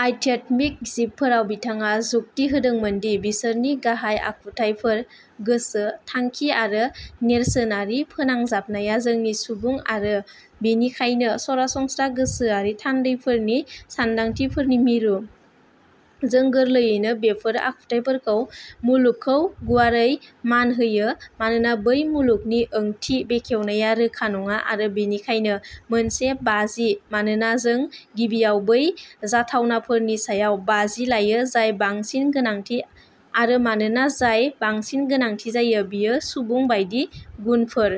आध्यात्मिक जिबफोराव। बिथाङा जुक्ति होदोंमोन दि बिसोरनि गाहाय आखुथायफोर-गोसो, थांखि आरो नेरसोनारि फोनांजाबनाया-जोंनि सुबुं आरो बेनिखायनो सरासनस्रा गोसोआरि थान्दैफोरनि सानदांथिफोरनि मिरु। जों गोरलैयैनो बेफोर आखुथाइफोरखौ मुलुगखौ गुवारै मान होयो, मानोना बै मुलुगनि ओंथि बेखेवनाया रोखा नङा आरो बेनिखायनो मोनसे बाजि मानोना जों गिबियाव बै जाथावनाफोरनि सायाव बाजि लायो जाय बांसिन गोनांथि आरो मानोना जाय बांसिन गोनांथि जायो बेयो सुबुं बायदि गुनफोर।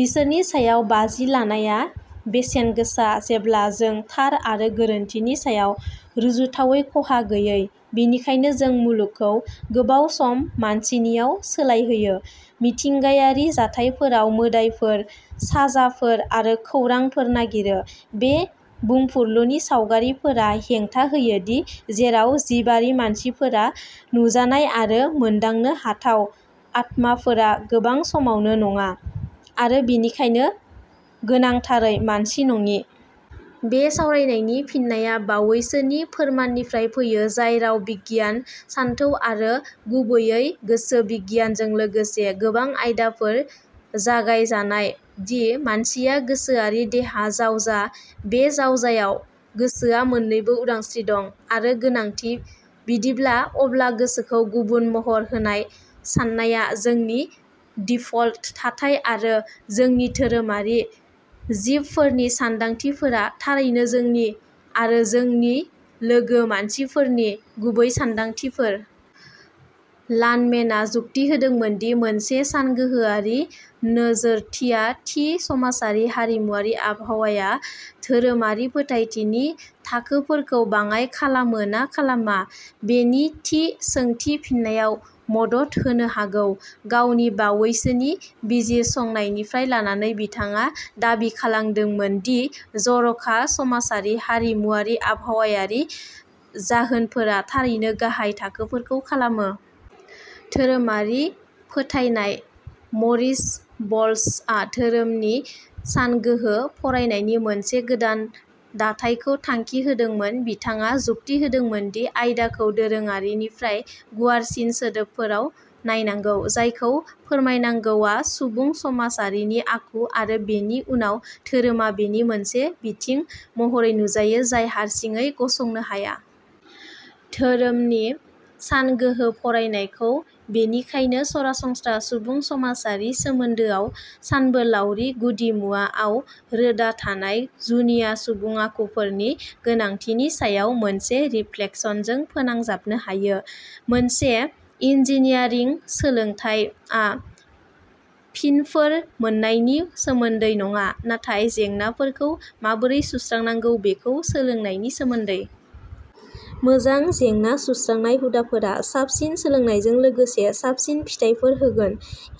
बिसोरनि सायाव बाजि लागायनाया बेसेनगोसा जेब्ला जों थार, आरो गोरोन्थिनि समाव रुजुथावै खहा गैयै। बेनिखायनो जों मुलुगखौ गोबाव सम मानसिनियाव सोलायहोयो, मिथिंगायारि जाथायफोराव मोदाइफोर, साजाफोर आरो खौरांफोर नागिरो। बे बुंफुरलुनि सावरायगिरिफोरा हेंथा होयो दि, जेराव जिबारि मानसिफोरा नुजानाय आरो मोनदांनो हाथाव, आत्माफोरा गोबां समावनो नङा, आरो बेनिखायनो गोनांथारै मानसि नङि। बे सावरायनायनि फिननाया बावैसोनि फोरमाननिफ्राय फैयो, जाय राव बिगियान, सानथौ आरो गुबैयै गोसोबिगियानजों लोगोसे गोबां आयदाफोरजों जगायजानाय, दि मानसिया गोसोआरि-देहा जावजा। बे जावजायाव, गोसोआ मोन्नैबो उदांस्रि दं। आरो गोनांथि। बिदिब्ला, अब्ला गोसोखौ गुबुन महर होनाय साननाया जोंनि दिफल्ट थाथाय, आरो जोंनि धोरोमारि जिबफोरनि सानदांथिफोरा थारैनो जोंनि आरो जोंनि लोगो मानसिफोरनि गुबै सानदांथिफोर। लानमेनआ जुक्ति होदोंमोन दि मोनसे सानगोहोआरि नोजोरथिया थि समाजारि-हारिमुआरि आबहावाया धोरोमारि फोथायथिनि थाखोफोरखौ बाङाइ खालामो ना खालामा, बेनि थि सोंथिनि फिननायाव मदद होनो हागौ। गावनि बावैसोनि बिजिरसंनायनिफ्राय लानानै, बिथाङा दाबि खालामदोंमोन दि जर'खा समाजारि-हारिमुआरि आबहावायारि जाहोनफोरा थारैनो गाहाय थाखोफोरखौ खालामो। धोरोमारि फोथायनाय। मरिस ब्लच आ'धोरोम'नि सानगोहो फरायनायनि मोनसे गोदान दाथायखौ थांखि होदोंमोन। बिथाङा जुक्ति होदोंमोन दि आयदाखौ दोरोङारिनिफ्राय गुवारसिन सोदोबफोराव नायनांगौ जायखौ फोरमायनांगौआ सुबुं समाजआरिनि आखु, आरो बेनि उनाव धोरोमा बेनि मोनसे बिथिं महरै नुजायो जाय हारसिङै गसंनो हाया। धोरोमनि सानगोहो फरायनायखौ बेनिखायनो सरासनस्रा सुबुं समाजारि सोमोन्दोआव सानबोलावरि गुदिमुवाआव रोदा थानाय जुनिया सुबुं आखुफोरनि गोनांथिनि सायाव मोनसे रिफ्लेक्सनजों फोनांजाबनो हायो। मोनसे इन्जिनियारिं सोलोंथायआ फिनफोर मोन्नायनि सोमोन्दै नङा, नाथाय जेंनाफोरखौ माबोरै सुस्रांनांगौ बेखौ सोलोंनायनि सोमोन्दै। मोजां जेंना सुस्रांनाय हुदाफोरा साबसिन सोलोंनायजों लोगोसे साबसिन फिथायफोर होगोन।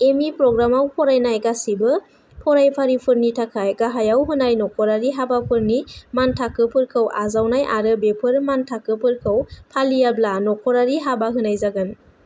एम इ प्रग्रामाव फरायनाय गासिबो फरायफारिफोरनि थाखाय गाहायाव होनाय न'खरारि हाबाफोरनि मानथाखोफोरखौ आजावनाय आरो बेफोर मानथाखोफोरखौ फालियाब्ला न'खरारि हाबा होनाय जागोन।